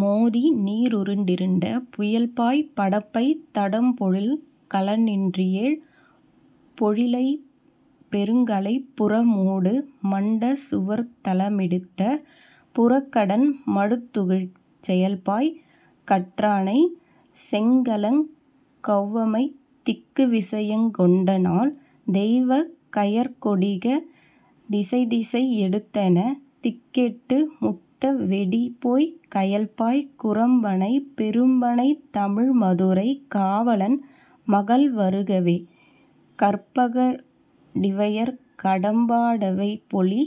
மோதிநீ ருண்டிருண்ட புயல்பாய் படப்பைத் தடம்பொழில்க நிளன்றியேழ் பொழிலையு மொருங்கலைத்துப் புறமூடு மண்டச் சுவர்த்தலமிடித்தப் புறக்கடன் மடுத்துழக்கிச் செயல்பாய் கற்றானை செங்களங் கொளவம்மை திக்குவிச யங்கொண்டநாள் தெய்வக் கயற்கொடிக டிசைதிசை யெடுத்தெனத் திக்கெட்டு முட்டவெடிபோய்க் கயல்பாய் குரம்பணை பெரும்பணைத் தமிழ்மதுரை காவலன் மகள்வருகவே கற்பகா டிவியிற் கடம்பா டவிப்பொலி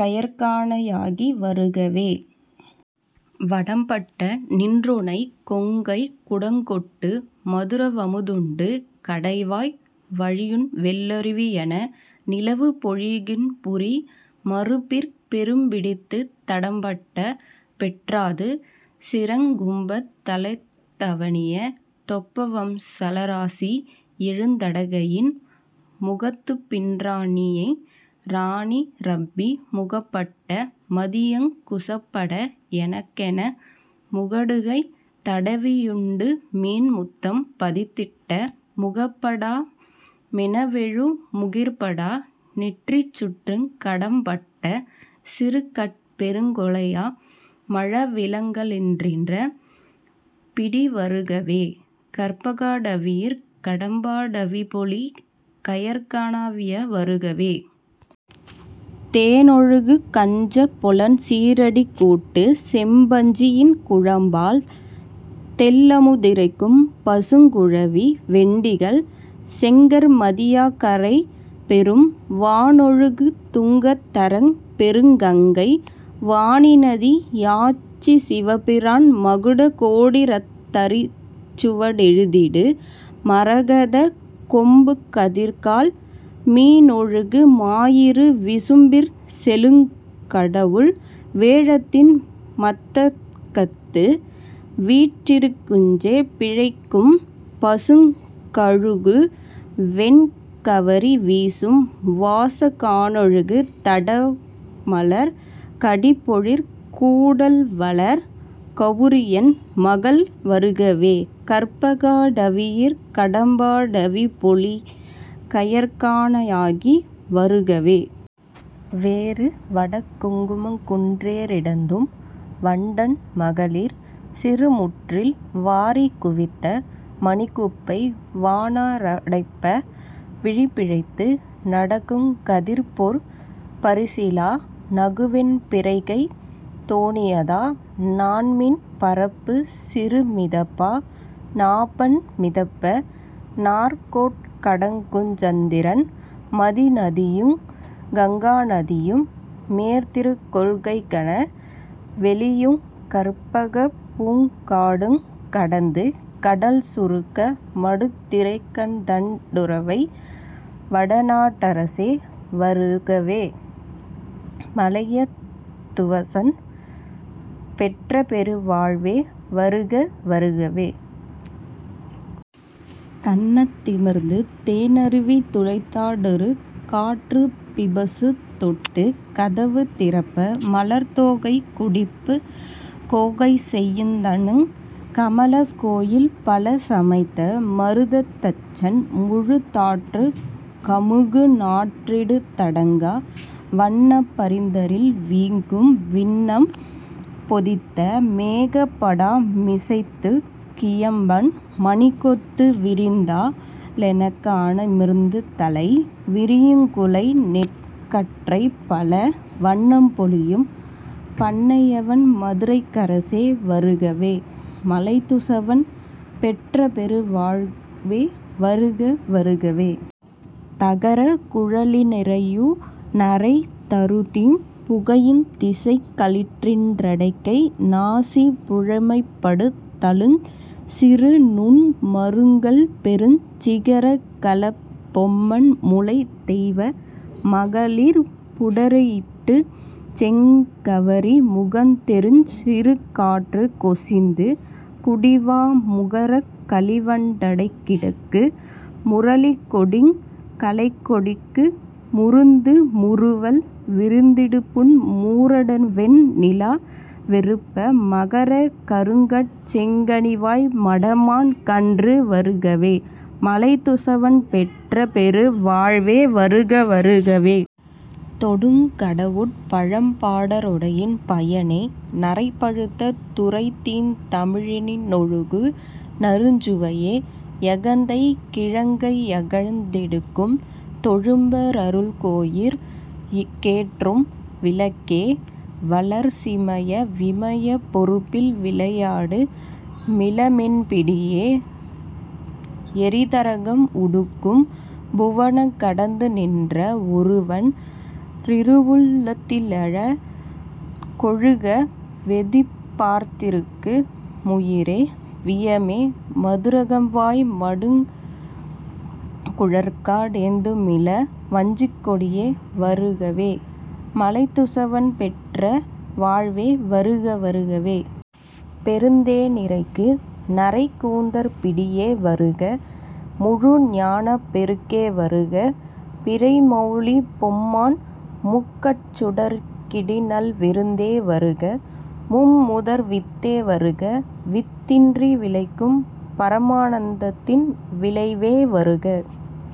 கயற்கணா யகிவருகவே. வடம்பட்ட நின்றுணைக் கொங்கைக் குடங்கொட்டு மதுரவமு துண்டு கடைவாய் வழியும்வெள் ளருவியென நிலவுபொழி கிம்புரி மருப்பிற் பெருபிடித்துத் தடம்பட்ட பொற்றாது சிந்துரங் கும்பத் தலத்தணிவ தொப்பவப்பிச் சலராசி யேழுந் தடக்கையின் முகத்துபின் றானநீ ரானிரப்பி முடம்பட்ட மதியங் குசப்படை யெனக்ககன முகடுகை தடவியுடுமீன் முத்தம் பதித்திட்ட முகபடா மெனவெழு முகிற்படா நெற்றிசுற்றுங் கடம்பட்ட சிறுகட் பெருங்கொலைய மழவிளங் களிறீன்ற பிடிவருகவே கற்பகா டவியிற் கடம்பா டவிப்பொலி கயற்கணா யகிவருகவே. தேனொழுகு கஞ்சப் பொலன்சீ றடிக்கூட்டு செம்பஞ்சி யின்குழம்பால் தெள்ளமு திறைக்கும் பசுங்குழவி வெண்டிங்கள் செக்கர்மதி யாக்கரைபொரும் வானொழுகு துங்கத் தரங்கப் பெருங்கங்கை வாணிநதி யாச்சிவபிரான் மகுடகோ டீரத் தடிச்சுவ டழுத்தியிடு மரகதக் கொம்புகதிர்கால் மீனொழுகு மாயிரு விசும்பிற் செலுங்கடவுள் வேழத்தின் மத்தகத்து வீற்றிருக் குஞ்சே பிழைக்கும் பசுங்கமுகு வெண்கவரி வீசும் வாசக் கானொழுகு தடமலர்க் கடிபொழிற் கூடல்வளர் கவுரியன் மகள்வருகவே கற்பகா டவியிற் கடம்பா டவிப்பொலி கயற்காண யகிவருகவே. வேறு வடக்குங் குமக்குன் றிரண்டேந்தும் வண்டன் மகளிர் சிறுமுற்றில் வாரிக் குவித்த மணிக்குப்பை வானா றடைப்ப விழிபிழைத்து நடக்குங் கதிர்பொற் பரிசிலா நகுவெண் பிறைகைத் தோணியதா நாண்மீன் பரப்புச் சிறுமிதப்பா நாப்பண் மிதப்ப நாற்கோட்டுக் கடக்குஞ் சரத்தின் மதிநதியுங் கங்கா நதியு மெதிர்கொள்ளக் ககன வெளியுங் கற்பகப்பூங் காடுங் கடந்து கடல்சுருங்க மடுக்குந் திரைத்தண் டுறைவையை வளநாட் டரசே வருகவே மலையத் துவசன் பெற்றபெரு வாழ்வே வருக வருகவே. கண்ணந் திமிர்ந்து தேனருவி துளைந்தா டறுகாற் றும்பிபசுந் தோட்டுக் கதவந்திறப்ப மலர்த் தோகை குடிபுக் கோகைசெயுந் தண்ணங் கமலக் கோயில்பல சமைத்த மருதத் தச்சன்முழு தாற்றுக் கமுகு நாற்றியிடுந் தடங்கா வணப்பந் தரில்வீக்கும் விண்ணம் பொதித்த மேகபடா மிசைத்தூக் கியம்பன் மணிக்கொத்து விரிந்தா லெனக்கா னிமிர்ந்துதலை விரியுங் குலைநெற் கற்றைபல வண்ணம் பொலியும் பண்ணைவயன் மதுரைக் கரசே வருகவே மலையத் துவசன் பெற்றபெரு வாழ்வே வருக வருகவே. தகரக் குழலி னறையுநறை தருதீம் புகையுந் திசைக்களிற்றின் றடக்கை நாசிப் புழைமைபடுத் தளருஞ் சிறுநுண் மருங்குல்பெருஞ் சிகரக் களபப் பொம்மன்முலைத் தெய்வ மகளிர் புடையிரட்டுஞ் செங்கைக் கவரி முகந்தெறியுஞ் சிறுகாற்று கொசிந்து குடிவாங்க முகரக் களிவண் டடைகிடக்கு முளரிக் கொடிக்குங் கலைக்கொடிக்கு முருந்து முறுவல் விருந்திடுபுன் மூர னெடுவெண் ணிலவெறுப்ப மகரக் கருங்கட் செங்கனிவாய் மடமான் கன்று வருகவே மலையத் துசவன் பெற்றபெரு வாழ்வே வருக வருகவே. தொடுக்குங் கடவுட் பழம்பாடற் றொடையின் பயனே நறைபழுத்த துறைத்தீந் தமிழி னொழுகுநறுஞ் சுவையே யகந்தைக் கிழங்கையகழ்ந் தெடுக்கும் தொழும்ப ருளக்கோயிற் கேற்றும் விளக்கே வளர்சிமய விமயப் பொருப்பில் விளையாடு மிளமென் பிடியே யெறிதரங்கம் உடுக்கும் புவனங் கடந்துநின்ற வொருவன் றிருவுள் ளத்திலழ கொழுக வெதிப் பார்த்திருக்கு முயிறோ வியமே மதுகரம்வாய் மடுக்குங் குழற்கா டேந்துமிள வஞ்சிக்கொடியே வருகவே மலையத் துசவன் பெற்றபெரு வாழ்வே வருக வருகவே. பெருந்தே னிறைக்கு நறைக்கூந்தற் பிடியே வருக முழுஞானப் பெருக்கே வருக பிறைமௌலிப் பெம்மான் முக்கட் சுடர்க்கிடுநல் விருந்தே வருக மும்முதற்க வித்தே வருக வித்தின்றி விளைக்கும் பரமா னந்தத்தின் விளைவே வருக